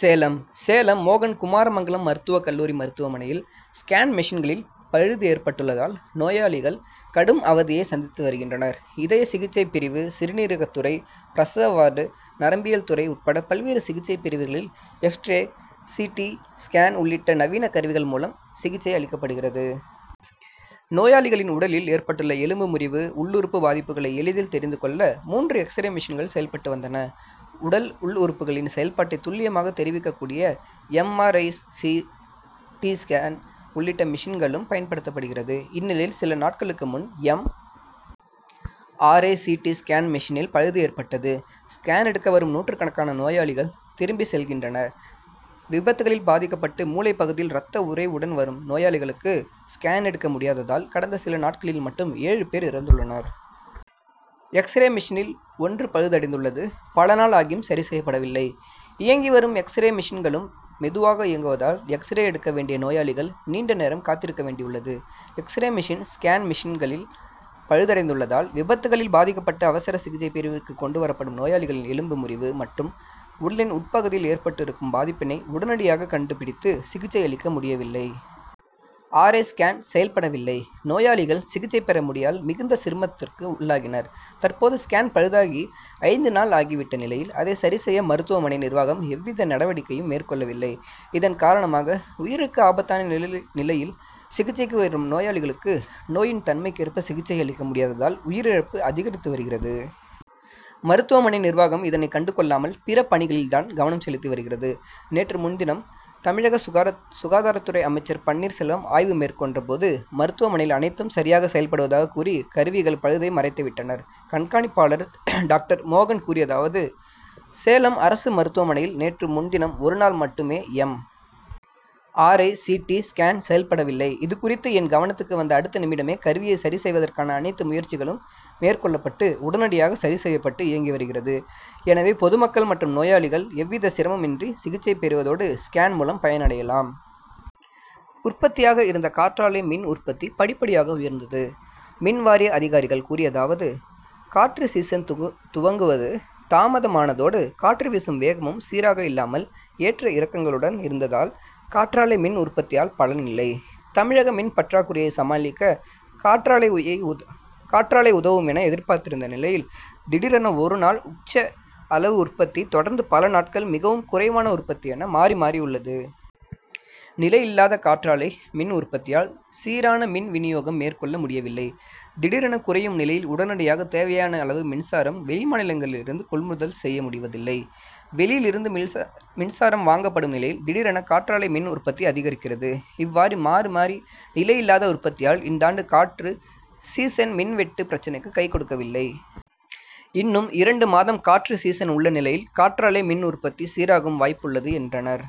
சேலம் சேலம் மோகன் குமாரமங்கலம் மருத்துவக் கல்லூரி மருத்துவமனையில் ஸ்கேன் மெஷின்களில் பழுது ஏற்பட்டுள்ளதால், நோயாளிகள் கடும் அவதியை சந்தித்து வருகின்றனர். இதய சிகிச்சை பிரிவு, சிறுநீரகத்துறை, பிரசவ வார்டு, நரம்பியல் துறை உட்பட பல்வேறு சிகிச்சை பிரிவுகளில் எக்ஸ்ரே, சி. டி., ஸ்கேன் உள்ளிட்ட நவீன கருவிகள் மூலம் சிகிச்சை அளிக்கப்படுகிறது. நோயாளிகளின் உடலில் ஏற்பட்டுள்ள எலும்பு முறிவு, உள்ளுறுப்பு பாதிப்புகளை எளிதில் தெரிந்து கொள்ள மூன்று எக்ஸ்ரே மெஷின்கள் செயல்பட்டு வந்தன. உடல் உள் உறுப்புகளின் செயல்பாட்டை துல்லியமாக தெரிவிக்கக் கூடிய M. R. I., C. T., scan உள்ளிட்ட மெஷின்களும் பயன் படுத்தப்படுகிறது. இந்நிலையில் சில நாட்களுக்கு முன் M. R. I., C. T., scan மெஷினில் பழுது ஏற்பட்டது. ஸ்கேன் எடுக்க வரும் நூற்றுக்கணக்கான நோயாளிகள் திரும்பிச் செல்கின்றனர். விபத்துக்களில் பாதிக்கப்பட்டு மூளை பகுதியில் ரத்த உறைவுடன் வரும் நோயாளிகளுக்கு ஸ்கேன் எடுக்க முடியாததால், கடந்த சில நாட்களில் மட்டும் ஏழு பேர் இறந்துள்ளனர். எக்ஸ்ரே மெஷினில் ஒன்று பழுதடைந்துள்ளது. பல நாள் ஆகியும் சரி செய்யப்பட வில்லை. இயங்கி வரும் எக்ஸ்ரே மெஷின்களும் மெதுவாக இயங்குவதால் எக்ஸ்ரே எடுக்க வேண்டிய நோயாளிகள் நீண்ட நேரம் காத்திருக்க வேண்டியுள்ளது. எக்ஸ்ரே மெஷின், ஸ்கேன் மெஷின்கள் பழுதடைந்துள்ளதால் விபத்துக்களில் பாதிக்கப்பட்டு அவசர சிகிச்சை பிரிவுக்கு கொண்டு வரப்படும் நோயாளிகளின் எலும்பு முறிவு மற்றும் உடலின் உட்பகுதியில் ஏற்பட்டு இருக்கும் பாதிப்பினை உடனடியாக கண்டு பிடித்து சிகிச்சை அளிக்க முடியவில்லை. ஆர். ஐ., ஸ்கேன் செயல்பட வில்லை. நோயாளிகள் சிகிச்சை பெற முடியால் மிகுந்த சிரமத்துக்கு உள்ளாகினர். தற்போது ஸ்கேன் பழுதாகி ஐந்து நாள் ஆகி விட்ட நிலையில், அதை சரி செய்ய மருத்துவமனை நிர்வாகம் எவ்வித நடவடிக்கையும் மேற் கொள்ளவில்லை. இதன் காரணமாக உயிருக்கு ஆபத்தான நிலையில் சிகிச்சைக்கு வரும் நோயாளிகளுக்கு நோயின் தன்மைக்கு ஏற்ப சிகிச்சை அளிக்க முடியாததால், உயிர் இழப்பு அதிகரித்து வருகிறது. மருத்துவமனை நிர்வாகம் இதனை கண்டு கொள்ளாமல் பிற பணிகளில் தான் கவனம் செலுத்தி வருகிறது. நேற்று முன்தினம் தமிழக சுகாதாரத்துறை அமைச்சர் பன்னீர் செல்வம் ஆய்வு மேற் கொண்ட போது, மருத்துவமனையில் அனைத்தும் சரியாக செயல்படுவதாக கூறி கருவிகள் பழுதை மறைத்து விட்டனர். கண்காணிப்பாளர் டாக்டர் மோகன் கூறியதாவது சேலம் அரசு மருத்துவமனையில் நேற்று முன்தினம் ஒரு நாள் மட்டுமே M. R. I., C. T., scan செயல்பட வில்லை. இது குறித்து என் கவனத்துக்கு வந்த அடுத்த நிமிடமே கருவியை சரி செய்வதற்கான அனைத்து முயற்சிகளும் மேற் கொள்ளப்பட்டு உடனடியாக சரி செய்யப்பட்டு இயங்கி வருகிறது. எனவே பொதுமக்கள் மற்றும் நோயாளிகள் எவ்வித சிரமம் இன்றி சிகிச்சை பெருவதோடு ஸ்கேன் மூலம் பயன் அடையலாம். உற்பத்தியாக இருந்த காற்றாலை மின் உற்பத்தி படிப்படியாக உயர்ந்தது. மின் வாரிய அதிகாரிகள் கூறியதாவது காற்று சீசன் துவங்குவது தாமதமானதோடு, காற்று வீசும் வேகமும் சீராக இல்லாமல்; ஏற்ற இறக்கங்களுடன் இருந்ததால் காற்றாலை மின் உற்பத்தியால் பலன் இல்லை. தமிழக மின் பற்றாக்குறையை சமாளிக்க காற்றாலை உதவும் என எதிர்பார்த்திருந்த நிலையில், திடீரென ஒரு நாள் உச்ச அளவு உற்பத்தி; தொடர்ந்து பல நாட்கள் மிகவும் குறைவான உற்பத்தி என மாறி, மாறி உள்ளது. நிலையில்லாத காற்றாலை மின் உற்பத்தியால், சீரான மின் வினியோகம் மேற்கொள்ள முடியவில்லை. திடீரென குறையும் நிலையில், உடனடியாக தேவையான அளவு மின்சாரம் வெளிமாநிலங்களிலிருந்து கொள்முதல் செய்ய முடிவதில்லை. வெளியிலிருந்து மின்சாரம் வாங்கப்படும் நிலையில், திடீரென காற்றாலை மின் உற்பத்தி அதிகரிக்கிறது. இவ்வாறு, மாறி, மாறி நிலையில்லாத உற்பத்தியால் இந்தாண்டு காற்று சீசன் மின் வெட்டு பிரச்னைக்கு கை கொடுக்கவில்லை. இன்னும் இரண்டு மாதம் காற்று சீசன் உள்ள நிலையில், காற்றாலை மின் உற்பத்தி சீராகும் வாய்ப்புள்ளது, என்றனர்.